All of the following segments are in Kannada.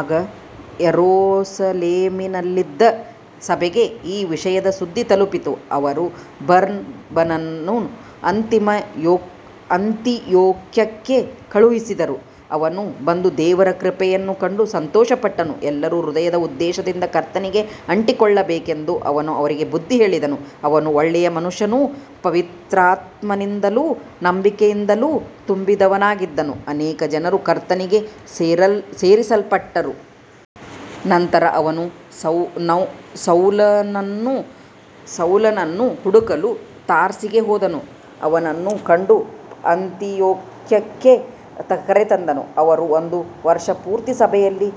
ಆಗ ಯೆರೂಸಲೇಮಿನಲ್ಲಿದ್ದ ಸಭೆಗೆ ಈ ವಿಷಯದ ಸುದ್ದಿ ತಲುಪಿತು. ಅವರು ಬರ್ನಬನನ್ನು ಅಂತಿಯೋಕ್ಯಕ್ಕೆ ಕಳುಹಿಸಿದರು. ಅವನು ಬಂದು ದೇವರ ಕೃಪೆಯನ್ನು ಕಂಡು ಸಂತೋಷಪಟ್ಟನು. ಎಲ್ಲರೂ ಹೃದಯದ ಉದ್ದೇಶದಿಂದ ಕರ್ತನಿಗೆ ಅಂಟಿಕೊಳ್ಳಬೇಕೆಂದು ಅವನು ಅವರಿಗೆ ಬುದ್ಧಿಹೇಳಿದನು. ಅವನು ಒಳ್ಳೆಯ ಮನುಷ್ಯನೂ ಪವಿತ್ರಾತ್ಮನಿಂದಲೂ ನಂಬಿಕೆಯಿಂದಲೂ ತುಂಬಿದವನಾಗಿದ್ದನು. ಅನೇಕ ಜನರು ಕರ್ತನಿಗೆ ಸೇರಿಸಲ್ಪಟ್ಟರು. ನಂತರ ಅವನು ಸೌಲನನ್ನು ಹುಡುಕಲು ತಾರ್ಸಿಗೆ ಹೋದನು. ಅವನನ್ನು ಕಂಡು ಅಂತಿಯೋಕ್ಯಕ್ಕೆ ಕರೆತಂದನು. ಅವರು ಒಂದು ವರ್ಷ ಪೂರ್ತಿ ಸಭೆಯಲ್ಲಿ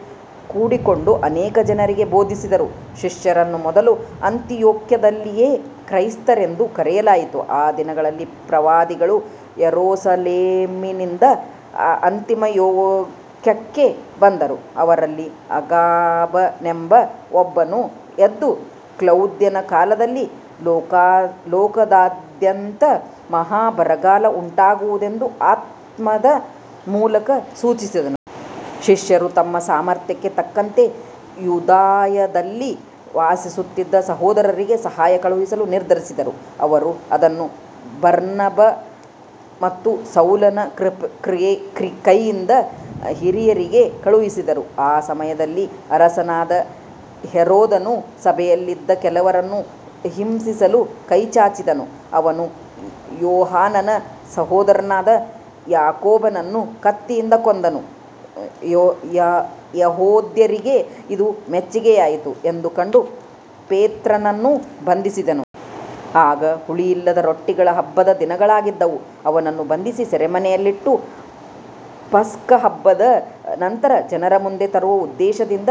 ಕೂಡಿಕೊಂಡು ಅನೇಕ ಜನರಿಗೆ ಬೋಧಿಸಿದರು. ಶಿಷ್ಯರನ್ನು ಮೊದಲು ಅಂತಿಯೋಕ್ಯದಲ್ಲಿಯೇ ಕ್ರೈಸ್ತರೆಂದು ಕರೆಯಲಾಯಿತು. ಆ ದಿನಗಳಲ್ಲಿ ಪ್ರವಾದಿಗಳು ಯೆರೂಸಲೇಮಿನಿಂದ ಅಂತಿಯೋಕ್ಯಕ್ಕೆ ಬಂದರು. ಅವರಲ್ಲಿ ಅಗಾಬನೆಂಬ ಒಬ್ಬನು ಎದ್ದು, ಕ್ಲೌದ್ಯನ ಕಾಲದಲ್ಲಿ ಲೋಕದಾದ್ಯಂತ ಮಹಾ ಬರಗಾಲ ಉಂಟಾಗುವುದೆಂದು ಆತ್ಮದ ಮೂಲಕ ಸೂಚಿಸಿದನು. ಶಿಷ್ಯರು ತಮ್ಮ ಸಾಮರ್ಥ್ಯಕ್ಕೆ ತಕ್ಕಂತೆ ಯೂದಾಯದಲ್ಲಿ ವಾಸಿಸುತ್ತಿದ್ದ ಸಹೋದರರಿಗೆ ಸಹಾಯ ಕಳುಹಿಸಲು ನಿರ್ಧರಿಸಿದರು. ಅವರು ಅದನ್ನು ಬರ್ನಬ ಮತ್ತು ಸೌಲನ ಕೈಯಿಂದ ಹಿರಿಯರಿಗೆ ಕಳುಹಿಸಿದರು. ಆ ಸಮಯದಲ್ಲಿ ಅರಸನಾದ ಹೆರೋದನು ಸಭೆಯಲ್ಲಿದ್ದ ಕೆಲವರನ್ನು ಹಿಂಸಿಸಲು ಕೈಚಾಚಿದನು. ಅವನು ಯೋಹಾನನ ಸಹೋದರನಾದ ಯಾಕೋಬನನ್ನು ಕತ್ತಿಯಿಂದ ಕೊಂದನು. ಯೆಹೂದ್ಯರಿಗೆ ಇದು ಮೆಚ್ಚಿಗೆಯಾಯಿತು ಎಂದು ಕಂಡು ಪೇತ್ರನನ್ನೂ ಬಂಧಿಸಿದನು. ಆಗ ಹುಳಿಯಿಲ್ಲದ ರೊಟ್ಟಿಗಳ ಹಬ್ಬದ ದಿನಗಳಾಗಿದ್ದವು. ಅವನನ್ನು ಬಂಧಿಸಿ ಸೆರೆಮನೆಯಲ್ಲಿಟ್ಟು, ಪಸ್ಕಹಬ್ಬದ ನಂತರ ಜನರ ಮುಂದೆ ತರುವ ಉದ್ದೇಶದಿಂದ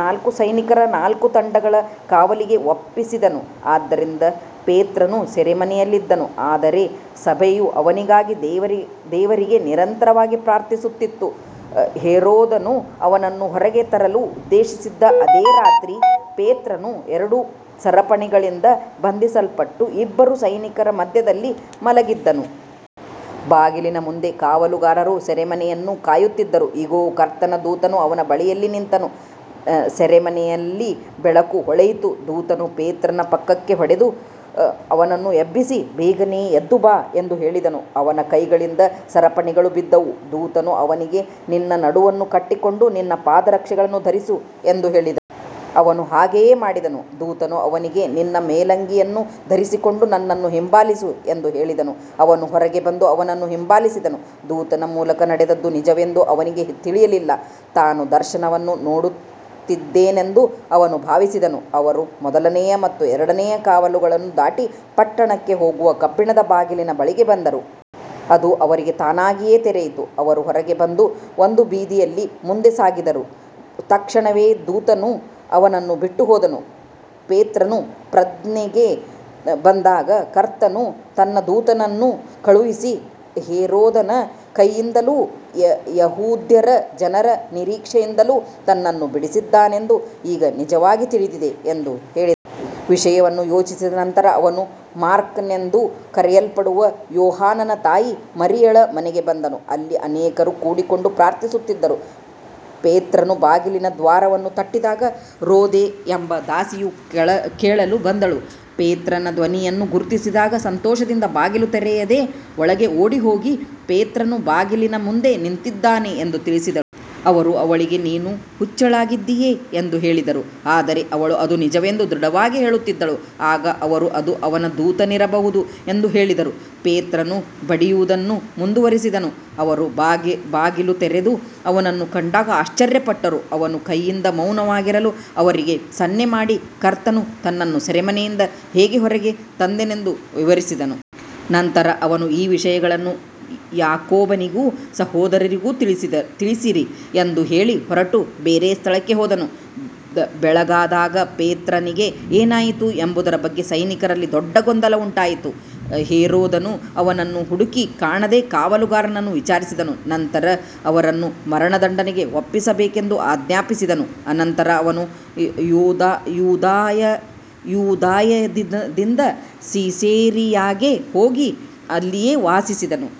ನಾಲ್ಕು ಸೈನಿಕರ ನಾಲ್ಕು ತಂಡಗಳ ಕಾವಲಿಗೆ ಒಪ್ಪಿಸಿದನು. ಆದ್ದರಿಂದ ಪೇತ್ರನು ಸೆರೆಮನೆಯಲ್ಲಿದ್ದನು. ಆದರೆ ಸಭೆಯು ಅವನಿಗಾಗಿ ದೇವರಿಗೆ ನಿರಂತರವಾಗಿ ಪ್ರಾರ್ಥಿಸುತ್ತಿತ್ತು. ಹೆರೋದನು ಅವನನ್ನು ಹೊರಗೆ ತರಲು ಉದ್ದೇಶಿಸಿದ್ದ ಅದೇ ರಾತ್ರಿ ಪೇತ್ರನು ಎರಡು ಸರಪಣಿಗಳಿಂದ ಬಂಧಿಸಲ್ಪಟ್ಟು ಇಬ್ಬರು ಸೈನಿಕರ ಮಧ್ಯದಲ್ಲಿ ಮಲಗಿದ್ದನು. ಬಾಗಿಲಿನ ಮುಂದೆ ಕಾವಲುಗಾರರು ಸೆರೆಮನೆಯನ್ನು ಕಾಯುತ್ತಿದ್ದರು. ಇಗೋ, ಕರ್ತನ ದೂತನು ಅವನ ಬಳಿಯಲ್ಲಿ ನಿಂತನು. ಸೆರೆಮನೆಯಲ್ಲಿ ಬೆಳಕು ಹೊಳೆಯಿತು. ದೂತನು ಪೇತ್ರನ ಪಕ್ಕಕ್ಕೆ ಹೊಡೆದು ಅವನನ್ನು ಎಬ್ಬಿಸಿ, ಬೇಗನೆ ಎದ್ದುಬಾ ಎಂದು ಹೇಳಿದನು. ಅವನ ಕೈಗಳಿಂದ ಸರಪಣಿಗಳು ಬಿದ್ದವು. ದೂತನು ಅವನಿಗೆ, ನಿನ್ನ ನಡುವನ್ನು ಕಟ್ಟಿಕೊಂಡು ನಿನ್ನ ಪಾದರಕ್ಷೆಗಳನ್ನು ಧರಿಸು ಎಂದು ಹೇಳಿದನು. ಅವನು ಹಾಗೆಯೇ ಮಾಡಿದನು. ದೂತನು ಅವನಿಗೆ, ನಿನ್ನ ಮೇಲಂಗಿಯನ್ನು ಧರಿಸಿಕೊಂಡು ನನ್ನನ್ನು ಹಿಂಬಾಲಿಸು ಎಂದು ಹೇಳಿದನು. ಅವನು ಹೊರಗೆ ಬಂದು ಅವನನ್ನು ಹಿಂಬಾಲಿಸಿದನು. ದೂತನ ಮೂಲಕ ನಡೆದದ್ದು ನಿಜವೆಂದು ಅವನಿಗೆ ತಿಳಿಯಲಿಲ್ಲ. ತಾನು ದರ್ಶನವನ್ನು ನೋಡುತ್ತಿದ್ದೇನೆಂದು ಅವನು ಭಾವಿಸಿದನು. ಅವರು ಮೊದಲನೆಯ ಮತ್ತು ಎರಡನೆಯ ಕಾವಲುಗಳನ್ನು ದಾಟಿ, ಪಟ್ಟಣಕ್ಕೆ ಹೋಗುವ ಕಬ್ಬಿಣದ ಬಾಗಿಲಿನ ಬಳಿಗೆ ಬಂದರು. ಅದು ಅವರಿಗೆ ತಾನಾಗಿಯೇ ತೆರೆಯಿತು. ಅವರು ಹೊರಗೆ ಬಂದು ಒಂದು ಬೀದಿಯಲ್ಲಿ ಮುಂದೆ ಸಾಗಿದರು. ತಕ್ಷಣವೇ ದೂತನು ಅವನನ್ನು ಬಿಟ್ಟುಹೋದನು. ಪೇತ್ರನು ಪ್ರಜ್ಞೆಗೆ ಬಂದಾಗ, ಕರ್ತನು ತನ್ನ ದೂತನನ್ನು ಕಳುಹಿಸಿ ಹೆರೋದನ ಕೈಯಿಂದಲೂ ಯೆಹೂದ್ಯರ ಜನರ ನಿರೀಕ್ಷೆಯಿಂದಲೂ ತನ್ನನ್ನು ಬಿಡಿಸಿದ್ದಾನೆಂದು ಈಗ ನಿಜವಾಗಿ ತಿಳಿದಿದೆ ಎಂದು ಹೇಳಿದನು. ವಿಷಯವನ್ನು ಯೋಚಿಸಿದ ನಂತರ ಅವನು ಮಾರ್ಕನೆಂದು ಕರೆಯಲ್ಪಡುವ ಯೋಹಾನನ ತಾಯಿ ಮರಿಯಳ ಮನೆಗೆ ಬಂದನು. ಅಲ್ಲಿ ಅನೇಕರು ಕೂಡಿಕೊಂಡು ಪ್ರಾರ್ಥಿಸುತ್ತಿದ್ದರು. ಪೇತ್ರನು ಬಾಗಿಲಿನ ದ್ವಾರವನ್ನು ತಟ್ಟಿದಾಗ ರೋದೆ ಎಂಬ ದಾಸಿಯು ಕೇಳಲು ಬಂದಳು. ಪೇತ್ರನ ಧ್ವನಿಯನ್ನು ಗುರುತಿಸಿದಾಗ ಸಂತೋಷದಿಂದ ಬಾಗಿಲು ತೆರೆಯದೆ ಒಳಗೆ ಓಡಿ ಹೋಗಿ, ಪೇತ್ರನು ಬಾಗಿಲಿನ ಮುಂದೆ ನಿಂತಿದ್ದಾನೆ ಎಂದು ತಿಳಿಸಿದಳು. ಅವರು ಅವಳಿಗೆ, ನೀನು ಹುಚ್ಚಳಾಗಿದ್ದೀಯೆ ಎಂದು ಹೇಳಿದರು. ಆದರೆ ಅವಳು ಅದು ನಿಜವೆಂದು ದೃಢವಾಗಿ ಹೇಳುತ್ತಿದ್ದಳು. ಆಗ ಅವರು, ಅದು ಅವನ ದೂತನಿರಬಹುದು ಎಂದು ಹೇಳಿದರು. ಪೇತ್ರನು ಬಡಿಯುವುದನ್ನು ಮುಂದುವರಿಸಿದನು. ಅವರು ಬಾಗಿಲು ತೆರೆದು ಅವನನ್ನು ಕಂಡಾಗ ಆಶ್ಚರ್ಯಪಟ್ಟರು. ಅವನು ಕೈಯಿಂದ ಮೌನವಾಗಿರಲು ಅವರಿಗೆ ಸನ್ನೆಮಾಡಿ, ಕರ್ತನು ತನ್ನನ್ನು ಸೆರೆಮನೆಯಿಂದ ಹೇಗೆ ಹೊರಗೆ ತಂದನೆಂದು ವಿವರಿಸಿದನು. ನಂತರ ಅವನು, ಈ ವಿಷಯಗಳನ್ನು ಯಾಕೋಬನಿಗೂ ಸಹೋದರರಿಗೂ ತಿಳಿಸಿರಿ ಎಂದು ಹೇಳಿ ಹೊರಟು ಬೇರೆ ಸ್ಥಳಕ್ಕೆ ಹೋದನು. ಬೆಳಗಾದಾಗ ಪೇತ್ರನಿಗೆ ಏನಾಯಿತು ಎಂಬುದರ ಬಗ್ಗೆ ಸೈನಿಕರಲ್ಲಿ ದೊಡ್ಡ ಗೊಂದಲ ಉಂಟಾಯಿತು. ಹೆರೋದನು ಅವನನ್ನು ಹುಡುಕಿ ಕಾಣದೆ ಕಾವಲುಗಾರರನ್ನು ವಿಚಾರಿಸಿದನು. ನಂತರ ಅವರನ್ನು ಮರಣದಂಡನೆಗೆ ಒಪ್ಪಿಸಬೇಕೆಂದು ಆಜ್ಞಾಪಿಸಿದನು. ಅನಂತರ ಅವನು ಯೂದಾಯದಿಂದ ಸಿಸೇರಿಯಾಗೆ ಹೋಗಿ ಅಲ್ಲಿಯೇ ವಾಸಿಸಿದನು.